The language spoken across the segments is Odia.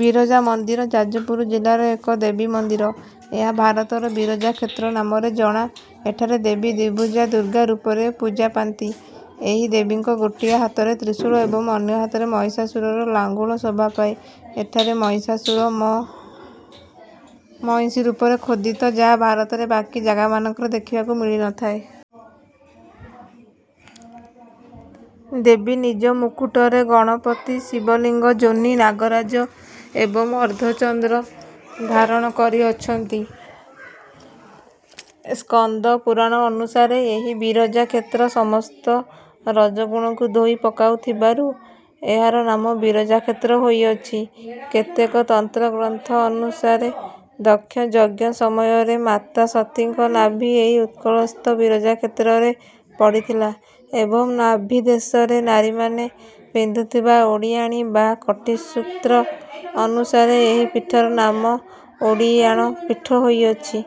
ବିରଜା ମନ୍ଦିର ଯାଜପୁର ଜିଲ୍ଲାର ଏକ ଦେବୀ ମନ୍ଦିର। ଏହା ଭାରତର ବିରଜା କ୍ଷେତ୍ର ନାମରେ ଜଣା। ଏଠାରେ ଦେବୀ ଦ୍ୱିଭୁଜା ଦୁର୍ଗା ରୂପରେ ପୂଜା ପାନ୍ତି। ଏହି ଦେବୀଙ୍କ ଗୋଟିଏ ହାତରେ ତ୍ରିଶୂଳ ଏବଂ ଅନ୍ୟ ହାତରେ ମହିଷାସୁରର ଲାଙ୍ଗୁଳ ଶୋଭା ପାଏ। ଏଠାରେ ମହିଷାସୁର ମଇଁଷି ରୂପରେ ଖୋଦିତ ଯାହା ଭାରତରେ ବାକି ଜାଗାମାନଙ୍କରେ ଦେଖିବାକୁ ମିଳିନଥାଏ। ଦେବୀ ନିଜ ମୁକୁଟରେ ଗଣପତି, ଶିବଲିଙ୍ଗ, ଯୋନି, ନାଗରାଜ ଏବଂ ଅର୍ଦ୍ଧଚନ୍ଦ୍ର ଧାରଣ କରି ଅଛନ୍ତି। ସ୍କନ୍ଦ ପୁରାଣ ଅନୁସାରେ ଏହି ବିରଜା କ୍ଷେତ୍ର ସମସ୍ତ ରଜୋଗୁଣକୁ ଧୋଇ ପକାଉଥିବାରୁ ଏହାର ନାମ ବିରଜା କ୍ଷେତ୍ର ହୋଇଅଛି। କେତେକ ତନ୍ତ୍ର ଗ୍ରନ୍ଥ ଅନୁସାରେ ଦକ୍ଷ ଯଜ୍ଞ ସମୟରେ ମାତା ସତୀଙ୍କ ନାଭି ଏହି ଉତ୍କଳସ୍ଥ ବିରଜା କ୍ଷେତ୍ରରେ ପଡ଼ିଥିଲା ଏବଂ ନାଭି ଦେଶରେ ନାରୀମାନେ ପିନ୍ଧୁଥିବା ଓଡ଼ିଆଣୀ ବା କଟିସୂତ୍ର ଅନୁସାରେ ଏହି ପୀଠର ନାମ ଓଡ୍ଡିୟାଣ ପୀଠ ହୋଇଅଛି,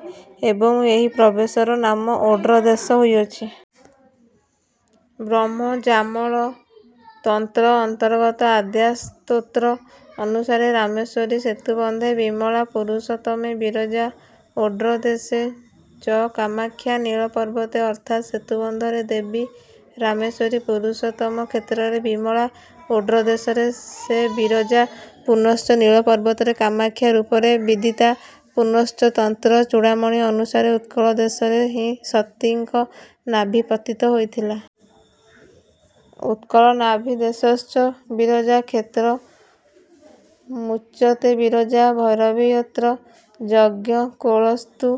ଏବଂ ଏହି ପ୍ରଦେଶର ନାମ ଓଡ୍ର ଦେଶ ହୋଇଅଛି। ବ୍ରହ୍ମଯାମଳ ତନ୍ତ୍ର ଅନ୍ତର୍ଗତ ଆଦ୍ୟା ସ୍ତୋତ୍ର ଅନୁସାରେ:"ରାମେଶ୍ୱରୀ ସେତୁବନ୍ଧେ ବିମଳା ପୁରୁଷୋତ୍ତମେ ବିରଜା ଓଡ୍ର ଦେଶେ ଚ କାମାଖ୍ୟା ନୀଳ ପର୍ବତେ" ଅର୍ଥାତ୍ ସେତୁବନ୍ଧରେ ଦେବୀ ରାମେଶ୍ୱରୀ, ପୁରୁଷୋତ୍ତମ କ୍ଷେତ୍ରରେ ବିମଳା, ଓଡ୍ର ଦେଶରେ ସେ ବିରଜା, ପୁନଶ୍ଚ ନୀଳପର୍ବତରେ କାମାଖ୍ୟା ରୂପରେ ବିଦିତା। ପୁନଶ୍ଚ ତନ୍ତ୍ର ଚୂଡାମଣି ଅନୁସାରେ ଉତ୍କଳ ଦେଶରେ ହିଁ ସତୀଙ୍କ ନାଭି ପତିତ ହୋଇଥିଲା। ଉତ୍କଳେ ନାଭିଦେଶଶ୍ଚ ବିରଜା କ୍ଷେତ୍ରମୁଚ୍ୟତେବିରଜା ଭୈରବୀ ୟତ୍ର ଯଜ୍ଞକୋଳସ୍ତୁ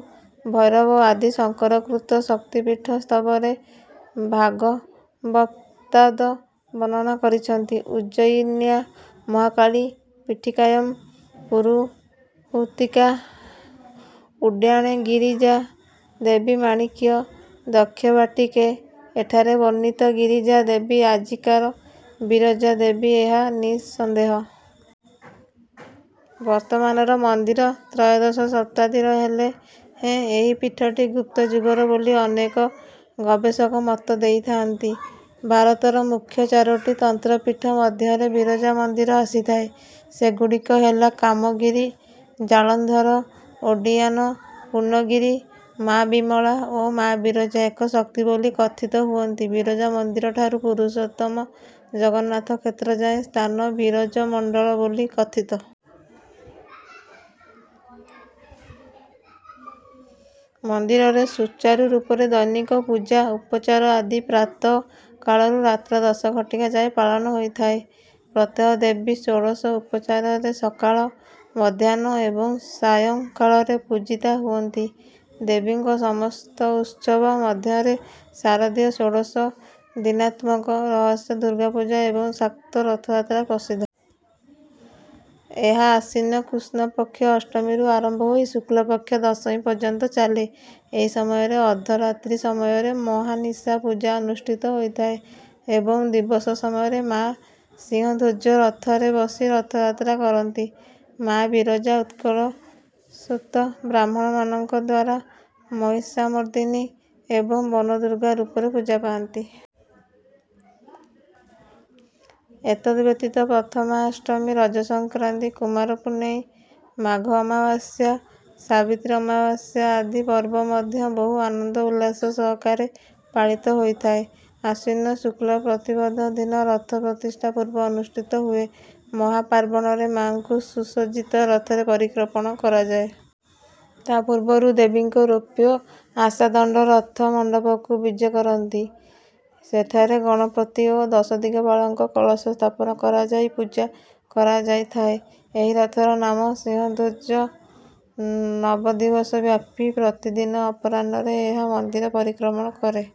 ଭୈରବ ଆଦି ଶଙ୍କର କୃତ ଶକ୍ତିପୀଠ ସ୍ତବରେ ଭାଗବତ୍ପାଦ ବର୍ଣ୍ଣନା କରିଛନ୍ତି। ଉଜ୍ଜୟିନ୍ୟା ମହାକାଳୀ ପୀଠିକାୟମ୍ ପୁରୁହୁତିକା ଓଡ୍ଡ୍ୟାଣେ ଗିରିଜା ଦେବୀ ମାଣିକ୍ୟ ଦକ୍ଷବାଟିକେ ଏଠାରେ ବର୍ଣ୍ଣିତ ଗିରିଜା ଦେବୀ ଆଜିକାର ବିରଜା ଦେବୀ ଏହା ନିଃସନ୍ଦେହ। ବର୍ତ୍ତମାନର ମନ୍ଦିର ତ୍ରୟୋଦଶ ଶତାବ୍ଦୀର ହେଲେ ହେଁ ଏହି ପୀଠଟି ଗୁପ୍ତ ଯୁଗର ବୋଲି ଅନେକ ଗବେଷକ ମତ ଦେଇଥାନ୍ତି। ଭାରତର ମୁଖ୍ୟ ଚାରୋଟି ତନ୍ତ୍ରପୀଠ ମଧ୍ୟରେ ବିରଜା ମନ୍ଦିର ଆସିଥାଏ, ସେଗୁଡିକ ହେଲା କାମଗିରି, ଜାଳନ୍ଧର, ଓଡ୍ଡୀୟାନ, ପୂର୍ଣ୍ଣଗିରି। ମା ବିମଳା ଓ ମା ବିରଜା ଏକ ଶକ୍ତି ବୋଲି କଥିତ ହୁଅନ୍ତି, ବିରଜାମନ୍ଦିର ଠାରୁ ପୁରୁଷୋତ୍ତମ ଜଗନ୍ନାଥ କ୍ଷେତ୍ର ଯାଏଁ ସ୍ଥାନ ବିରଜମଣ୍ଡଳ ବୋଲି କଥିତ। ମନ୍ଦିରରେ ସୁଚାରୁ ରୂପରେ ଦୈନିକ ପୁଜା ଉପଚାର ଆଦି ପ୍ରାତଃ କାଳରୁ ରାତ୍ର ଦଶ ଘଟିକା ଯାଏ ପାଳନ ହୋଇଥାଏ। ପ୍ରତ୍ୟହ ଦେବୀ ଷୋଡଶଉପଚାରରେ ସକାଳ, ମଧ୍ୟାହ୍ନ ଏବଂ ସାୟଂ କାଳରେ ପୂଜିତା ହୁଅନ୍ତି। ଦେବୀଙ୍କ ସମସ୍ତ ଉତ୍ସବ ମଧ୍ୟରେ ଶାରଦୀୟ ଷୋଡଶ ଦିନାତ୍ମକ ରହସ୍ୟ ଦୁର୍ଗା ପୂଜା ଏବଂ ଶାକ୍ତ ରଥଯାତ୍ରା ପ୍ରସିଦ୍ଧ। ଏହା ଆଶ୍ୱିନ କୃଷ୍ଣପକ୍ଷ ଅଷ୍ଟମୀରୁ ଆରମ୍ଭ ହୋଇ ଶୁକ୍ଲପକ୍ଷ ଦଶମୀ ପର୍ଯ୍ୟନ୍ତ ଚାଲେ। ଏହି ସମୟରେ ଅର୍ଦ୍ଧରାତ୍ରୀ ସମୟରେ ମହାନିଶା ପୂଜା ଅନୁଷ୍ଠିତ ହୋଇଥାଏ ଏବଂ ଦିବସ ସମୟରେ ମା' ସିଂହଧ୍ୱଜ ରଥରେ ବସି ରଥଯାତ୍ରା କରନ୍ତି। ମା' ବିରଜା ଉତ୍କଳ ଶ୍ରୌତ ବ୍ରାହ୍ମଣମାନଙ୍କଦ୍ୱାରା ମହିଷାମର୍ଦିନୀ ଏବଂ ବନଦୁର୍ଗା ରୂପରେ ପୂଜା ପାନ୍ତି। ଏତଦ୍ ବ୍ୟତୀତ ପ୍ରଥାମାଷ୍ଟମୀ, ରଜ ସଂକ୍ରାନ୍ତି, କୁମାର ପୁନେଇ, ମାଘ ଅମାବାସ୍ୟା, ସାବିତ୍ରୀ ଅମାବାସ୍ୟା ଆଦି ପର୍ବ ମଧ୍ୟ ବହୁ ଆନନ୍ଦ ଉଲ୍ଲାସ ସହକାରେ ପାଳିତ ହୋଇଥାଏ। ଆଶ୍ୱିନ ଶୁକ୍ଳ ପ୍ରତିପଦ ଦିନ ରଥ ପ୍ରତିଷ୍ଠା ପର୍ବ ଅନୁଷ୍ଠିତ ହୁଏ। ମହାପାର୍ବଣରେ ମାଙ୍କୁ ସୁସଜ୍ଜିତ ରଥରେ ପରିକ୍ରମଣ କରାଯାଏ। ତା ପୂର୍ବରୁ ଦେବୀଙ୍କ ରୌପ୍ୟ ଆଶାଦଣ୍ଡ ରଥ ମଣ୍ଡପକୁ ବିଜେ କରନ୍ତି। ସେଠାରେ ଗଣପତି ଓ ଦଶଦିଗପାଳଙ୍କ କଳସ ସ୍ଥାପନ କରାଯାଇ ପୂଜା କରାଯାଇଥାଏ। ଏହି ରଥର ନାମ ସିଂହଧ୍ୱଜ। ନବଦିବସ ବ୍ୟାପି ପ୍ରତିଦିନ ଅପରାହ୍ନରେ ଏହା ମନ୍ଦିର ପରିକ୍ରମଣ କରେ।